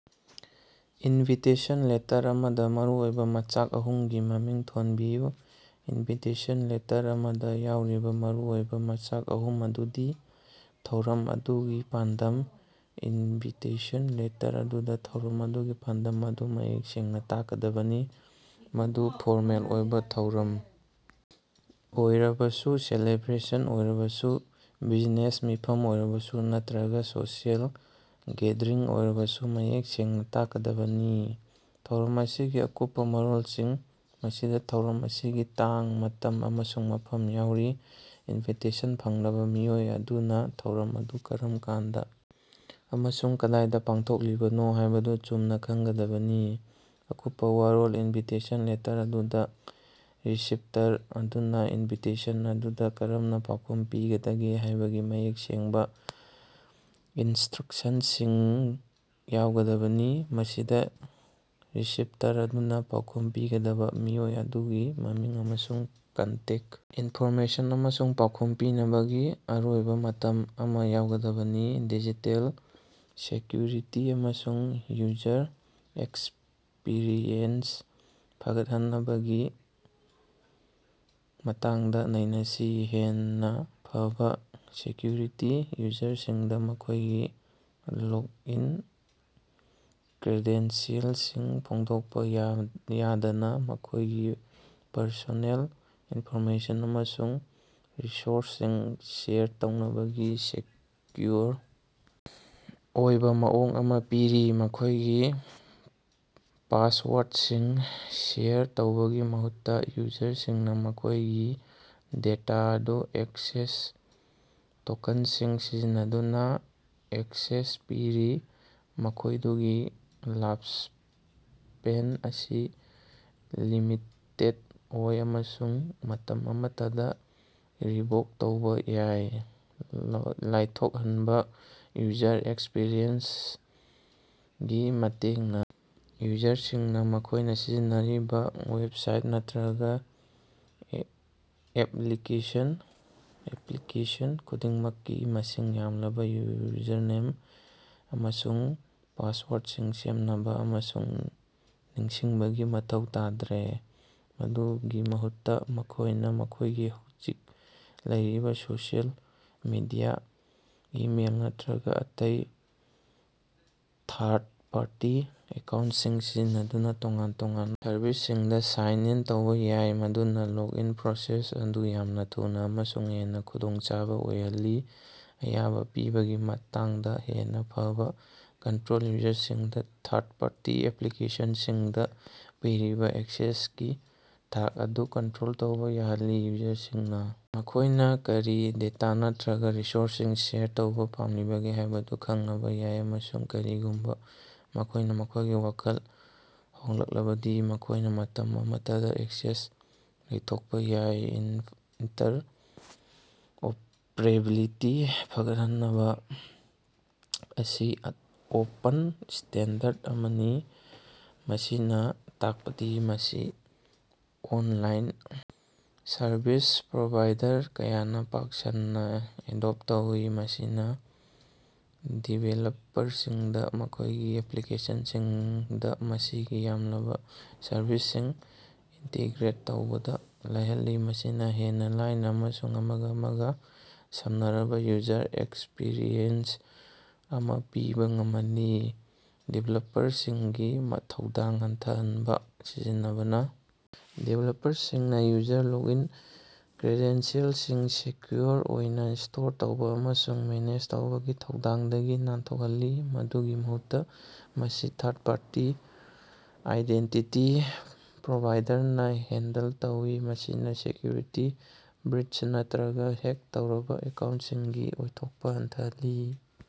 Invitation letter ꯑꯃꯗꯥ ꯃꯔꯨꯑꯣꯏꯕꯥ ꯃꯆꯥꯛ ꯑꯍꯨꯝꯒꯤ ꯃꯃꯤꯡ ꯊꯣꯟꯕꯤꯌꯨ꯫ ꯏꯟꯚꯤꯇꯦꯁꯟ ꯂꯦꯇꯔ ꯑꯃꯗꯥ ꯌꯥꯎꯔꯤꯕꯥ ꯃꯔꯨꯑꯣꯏꯕꯥ ꯃꯆꯥꯛ ꯑꯍꯨꯝ ꯑꯗꯨꯗꯤ: ꯊꯧꯔꯝ ꯑꯗꯨꯒꯤ ꯄꯥꯟꯗꯝ: ꯏꯟꯚꯤꯇꯦꯁꯟ ꯂꯦꯇꯔ ꯑꯗꯨꯗꯥ ꯊꯧꯔꯝ ꯑꯗꯨꯒꯤ ꯄꯥꯟꯗꯝ ꯑꯗꯨ ꯃꯌꯦꯛ ꯁꯦꯡꯅꯥ ꯇꯥꯛꯀꯗꯕꯅꯤ, ꯃꯗꯨ ꯐꯣꯔꯃꯦꯜ ꯑꯣꯏꯕꯥ ꯊꯧꯔꯝ ꯑꯣꯏꯔꯕꯁꯨ, ꯁꯦꯂꯦꯕ꯭ꯔꯦꯁꯟ ꯑꯣꯏꯔꯕꯁꯨ, ꯕꯤꯖꯤꯅꯦꯁ ꯃꯤꯐꯝ ꯑꯣꯏꯔꯕꯁꯨ ꯅꯠꯇ꯭ꯔꯒꯥ ꯁꯣꯁꯤꯑꯦꯜ ꯒꯦꯗꯔꯤꯡ ꯑꯣꯏꯔꯕꯁꯨ ꯃꯌꯦꯛ ꯁꯦꯡꯅꯥ ꯇꯥꯛꯀꯥꯗꯕꯅꯤ꯫ ꯊꯧꯔꯝ ꯑꯁꯤꯒꯤ ꯑꯀꯨꯞꯄꯥ ꯃꯔꯣꯜꯁꯤꯡ: ꯃꯁꯤꯗꯥ ꯊꯧꯔꯝ ꯑꯁꯤꯒꯤ ꯇꯥꯡ, ꯃꯇꯝ ꯑꯃꯁꯨꯡ ꯃꯐꯝ ꯌꯥꯎꯔꯤ꯫ ꯏꯟꯚꯤꯇꯦꯁꯟ ꯐꯪꯂꯕꯥ ꯃꯤꯑꯣꯏ ꯑꯗꯨꯅꯥ ꯊꯧꯔꯝ ꯑꯗꯨ ꯀꯔꯝ ꯀꯥꯟꯗꯥ ꯑꯃꯁꯨꯡ ꯀꯗꯥꯏꯗꯥ ꯄꯥꯡꯊꯣꯛꯂꯤꯕꯅꯣ ꯍꯥꯏꯕꯗꯨ ꯆꯨꯝꯅꯥ ꯈꯪꯒꯗꯕꯅꯤ꯫ ꯑꯀꯨꯞꯄꯥ ꯋꯔꯣꯜ ꯏꯟꯚꯤꯇꯦꯁꯟ ꯂꯦꯇꯔ ꯑꯗꯨꯗꯥ ꯔꯤꯁꯤꯞꯇꯔ ꯑꯗꯨꯅꯥ ꯏꯟꯚꯤꯇꯦꯁꯟ ꯑꯗꯨꯗꯥ ꯀꯔꯝꯅꯥ ꯄꯥꯎꯈꯨꯝ ꯄꯤꯒꯗꯒꯦ ꯍꯥꯏꯕꯒꯤ ꯃꯌꯦꯛ ꯁꯦꯡꯕꯥ ꯏꯟꯁꯇ꯭ꯔꯛꯁꯟꯁꯤꯡ ꯌꯥꯎꯒꯗꯕꯅꯤ꯫ ꯃꯁꯤꯗꯥ ꯔꯤꯁꯤꯞꯇꯔ ꯑꯗꯨꯅꯥ ꯄꯥꯎꯈꯨꯝ ꯄꯤꯒꯗꯕꯥ ꯃꯤꯑꯣꯏ ꯑꯗꯨꯒꯤ ꯃꯃꯤꯡ ꯑꯃꯁꯨꯡ ꯀꯟꯇꯦꯛ ꯏꯟꯐꯣꯔꯃꯦꯁꯟ ꯑꯃꯁꯨꯡ ꯄꯥꯎꯈꯨꯝ ꯄꯤꯅꯕꯒꯤ ꯑꯔꯣꯏꯕꯥ ꯃꯇꯝ ꯑꯃꯥ ꯌꯥꯎꯒꯗꯕꯅꯤ꯫ ꯗꯤꯖꯤꯇꯦꯜ ꯁꯦꯀ꯭ꯌꯨꯔꯤꯇꯤ ꯑꯃꯁꯨꯡ ꯌꯨꯖꯔ ꯑꯦꯛꯁꯄꯤꯔꯤꯑꯦꯟꯁ ꯐꯒꯠꯍꯟꯕꯒꯤ ꯃꯇꯥꯡꯗꯥ ꯅꯩꯅꯁꯤ꯫ ꯍꯦꯟꯅꯥ ꯐꯕꯥ ꯁꯦꯀ꯭ꯌꯨꯔꯤꯇꯤ: ꯌꯨꯖꯔꯁꯤꯡꯗꯥ ꯃꯈꯣꯏꯒꯤ ꯂꯣꯛꯏꯟ ꯀ꯭ꯔꯦꯗꯦꯟꯁꯤꯑꯦꯜꯁꯤꯡ ꯐꯣꯡꯗꯣꯛꯄꯥ ꯌꯥꯗꯅꯥ ꯃꯈꯣꯏꯒꯤ ꯄꯔꯁꯣꯅꯦꯜ ꯏꯟꯐꯣꯔꯃꯦꯁꯟ ꯑꯃꯁꯨꯡ ꯔꯤꯁꯣꯔꯁꯁꯤꯡ ꯁꯦꯌꯔ ꯇꯧꯅꯕꯒꯤ ꯁꯦꯀ꯭ꯌꯨꯑꯣꯔ ꯑꯣꯏꯕꯥ ꯃꯑꯣꯡ ꯑꯃꯥ ꯄꯤꯔꯤ꯫ ꯃꯈꯣꯏꯒꯤ ꯄꯥꯁꯋꯥꯔꯗꯁꯤꯡ ꯁꯦꯌꯔ ꯇꯧꯕꯒꯤ ꯃꯍꯨꯠꯇꯥ, ꯌꯨꯖꯔꯁꯤꯡꯅꯥ ꯃꯈꯣꯏꯒꯤ ꯗꯦꯇꯥ ꯑꯗꯨ ꯑꯦꯛꯁꯦꯁ ꯇꯣꯀꯟꯁꯤꯡ ꯁꯤꯖꯤꯟꯅꯗꯨꯅꯥ ꯑꯦꯛꯁꯦꯁ ꯄꯤꯔꯤ, ꯃꯈꯣꯏꯗꯨꯒꯤ ꯂꯥꯏꯞꯁ꯭ꯄꯦꯟ ꯑꯁꯤ ꯂꯤꯃꯤꯇꯦꯗ ꯑꯣꯏ ꯑꯃꯁꯨꯡ ꯃꯇꯝ ꯑꯃꯠꯇꯗꯥ ꯔꯤꯚꯣꯛ ꯇꯧꯕꯥ ꯌꯥꯏ꯫ ꯂꯥꯏꯊꯣꯛꯍꯟꯕꯥ ꯌꯨꯖꯔ ꯑꯦꯛꯁꯄꯤꯔꯤꯑꯦꯟꯁꯒꯤ ꯃꯇꯦꯡꯅꯥ ꯌꯨꯖꯔꯁꯤꯡꯅꯥ ꯃꯈꯣꯏꯅꯥ ꯁꯤꯖꯤꯟꯅꯔꯤꯕꯥ ꯋꯦꯞꯁꯥꯏꯠ ꯅꯠꯇ꯭ꯔꯒꯥ ꯑꯦꯄ꯭ꯂꯤꯀꯦꯁꯟ ꯈꯨꯗꯤꯡꯃꯛꯀꯤ ꯃꯁꯤꯡ ꯌꯥꯝꯂꯕꯥ ꯌꯨꯖꯔꯅꯦꯝ ꯑꯃꯁꯨꯡ ꯄꯥꯁꯋꯥꯔꯠꯁꯤꯡ ꯁꯦꯝꯕꯥ ꯑꯃꯁꯨꯡ ꯅꯤꯡꯁꯤꯡꯕꯒꯤ ꯃꯊꯧ ꯇꯥꯗ꯭ꯔꯦ꯫ ꯃꯗꯨꯒꯤ ꯃꯍꯨꯠꯇꯥ, ꯃꯈꯣꯏꯅꯥ ꯃꯈꯣꯏꯒꯤ ꯍꯧꯖꯤꯛ ꯂꯩꯔꯤꯕꯥ ꯁꯣꯁꯤꯑꯦꯜ ꯃꯤꯗꯤꯌꯥ, ꯏꯃꯦꯜ ꯅꯠꯇ꯭ꯔꯒꯥ ꯑꯇꯩ ꯊꯥꯔꯗ ꯄꯥꯔꯇꯤ ꯑꯦꯀꯥꯎꯟꯁꯤꯡ ꯁꯤꯖꯤꯟꯅꯗꯨꯅꯥ ꯇꯣꯉꯥꯟ-ꯇꯣꯉꯥꯟꯕꯥ ꯁꯔꯚꯤꯁꯁꯤꯡꯗꯥ ꯁꯥꯏꯟ ꯏꯟ ꯇꯧꯕꯥ ꯌꯥꯏ, ꯃꯗꯨꯅꯥ ꯂꯣꯛꯏꯟ ꯄ꯭ꯔꯣꯁꯦꯁ ꯑꯗꯨ ꯌꯥꯝꯅꯥ ꯊꯨꯅꯥ ꯑꯃꯁꯨꯡ ꯍꯦꯟꯅꯥ ꯈꯨꯗꯣꯡꯆꯥꯕꯥ ꯑꯣꯏꯍꯜꯂꯤ꯫ ꯑꯌꯥꯕꯥ ꯄꯤꯕꯒꯤ ꯃꯇꯥꯡꯗꯥ ꯍꯦꯟꯅꯥ ꯐꯕꯥ ꯀꯟꯇ꯭ꯔꯣꯜ: ꯌꯨꯖꯔꯁꯤꯡꯗꯥ ꯊꯥꯔꯗ ꯄꯥꯔꯇꯤ ꯑꯦꯄ꯭ꯂꯤꯀꯦꯁꯟꯁꯤꯡꯗꯥ ꯄꯤꯔꯤꯕꯥ ꯑꯦꯛꯁꯦꯁꯀꯤ ꯊꯥꯛ ꯑꯗꯨ ꯀꯟꯇ꯭ꯔꯣꯜ ꯇꯧꯕꯥ ꯌꯥꯍꯜꯂꯤ꯫ ꯌꯨꯖꯔꯁꯤꯡꯅꯥ ꯃꯈꯣꯏꯅꯥ ꯀꯔꯤ ꯗꯦꯇꯥ ꯅꯠꯇ꯭ꯔꯒꯥ ꯔꯤꯁꯣꯔꯁꯁꯤꯡ ꯁꯦꯌꯔ ꯇꯧꯕꯥ ꯄꯥꯝꯂꯤꯕꯒꯦ ꯍꯥꯏꯕꯗꯨ ꯈꯅꯕꯥ ꯌꯥꯏ ꯑꯃꯁꯨꯡ ꯀꯔꯤꯒꯨꯝꯕꯥ ꯃꯈꯣꯏꯅꯥ ꯃꯈꯣꯏꯒꯤ ꯋꯥꯈꯜ ꯍꯣꯡꯂꯛꯂꯕꯗꯤ ꯃꯈꯣꯏꯅꯥ ꯃꯇꯝ ꯑꯃꯠꯇꯗꯥ ꯑꯦꯛꯁꯦꯁ ꯂꯧꯊꯣꯛꯄꯥ ꯌꯥꯏ꯫ ꯏꯟꯇꯔꯑꯣꯄꯔꯦꯕꯤꯂꯤꯇꯤ ꯐꯒꯠꯍꯟꯕꯥ ꯑꯁꯤ ꯑꯣꯄꯟ ꯁ꯭ꯇꯦꯟꯗꯔ ꯑꯃꯅꯤ, ꯃꯁꯤꯅꯥ ꯇꯥꯛꯄꯗꯤ ꯃꯁꯤ ꯑꯣꯟꯂꯥꯏꯟ ꯁꯔꯚꯤꯁ ꯄ꯭ꯔꯣꯚꯥꯏꯗꯔ ꯀꯌꯥꯅꯥ ꯄꯥꯛ ꯁꯟꯅꯥ ꯑꯦꯗꯣꯞ ꯇꯧꯏ꯫ ꯃꯁꯤꯅꯥ ꯗꯤꯚꯦꯂꯞꯄꯔꯁꯤꯡꯗꯥ ꯃꯈꯣꯏꯒꯤ ꯑꯦꯄ꯭ꯂꯤꯀꯦꯁꯟꯁꯤꯡꯗꯥ ꯃꯁꯤꯡ ꯌꯥꯝꯂꯕꯥ ꯁꯔꯚꯤꯁꯁꯤꯡ ꯏꯟꯇꯤꯒ꯭ꯔꯦꯠ ꯇꯧꯕꯗꯥ ꯂꯥꯏꯍꯜꯂꯤ, ꯃꯁꯤꯅꯥ ꯍꯦꯟꯅꯥ ꯂꯥꯏꯅꯥ ꯑꯃꯁꯨꯡ ꯑꯃꯒꯥ ꯑꯃꯒꯥ ꯁꯝꯅꯔꯕꯥ ꯌꯨꯖꯔ ꯑꯦꯛꯁꯄꯤꯔꯤꯑꯦꯟꯁ ꯑꯃꯥ ꯄꯤꯕꯥ ꯉꯝꯍꯜꯂꯤ꯫ ꯗꯤꯚꯦꯂꯞꯄꯔꯁꯤꯡꯒꯤ ꯊꯧꯗꯥꯡ ꯍꯟꯊꯍꯟꯕꯥ ꯁꯤꯖꯤꯟꯅꯕꯅꯥ ꯗꯤꯚꯦꯂꯞꯄꯔꯁꯤꯡꯅꯥ ꯌꯨꯖꯔ ꯂꯣꯛꯏꯟ ꯀ꯭ꯔꯦꯗꯦꯟꯁꯤꯑꯦꯜꯁꯤꯡ ꯁꯦꯀ꯭ꯌꯨꯑꯣꯔ ꯑꯣꯏꯅꯥ ꯁ꯭ꯇꯣꯔ ꯇꯧꯕꯥ ꯑꯃꯁꯨꯡ ꯃꯦꯅꯦꯖ ꯇꯧꯕꯒꯤ ꯊꯧꯗꯥꯡꯗꯒꯤ ꯅꯥꯟꯊꯣꯛꯍꯜꯂꯤ꯫ ꯃꯗꯨꯒꯤ ꯃꯍꯨꯠꯇꯥ, ꯃꯁꯤ ꯊꯥꯔꯗ ꯄꯥꯔꯇꯤ ꯑꯥꯏꯗꯦꯟꯇꯤꯇꯤ ꯄ꯭ꯔꯣꯚꯥꯏꯗꯔꯅꯥ ꯍꯦꯟꯗꯜ ꯇꯧꯏ, ꯃꯁꯤꯅꯥ ꯁꯦꯀ꯭ꯌꯨꯔꯤꯇꯤ ꯕ꯭ꯔꯤꯆ ꯅꯠꯇ꯭ꯔꯒꯥ ꯍꯦꯛ ꯇꯧꯔꯕꯥ ꯑꯦꯀꯥꯎꯟꯁꯤꯡꯒꯤ ꯑꯣꯏꯊꯣꯛꯄꯥ ꯍꯟꯊꯍꯜꯂꯤ꯫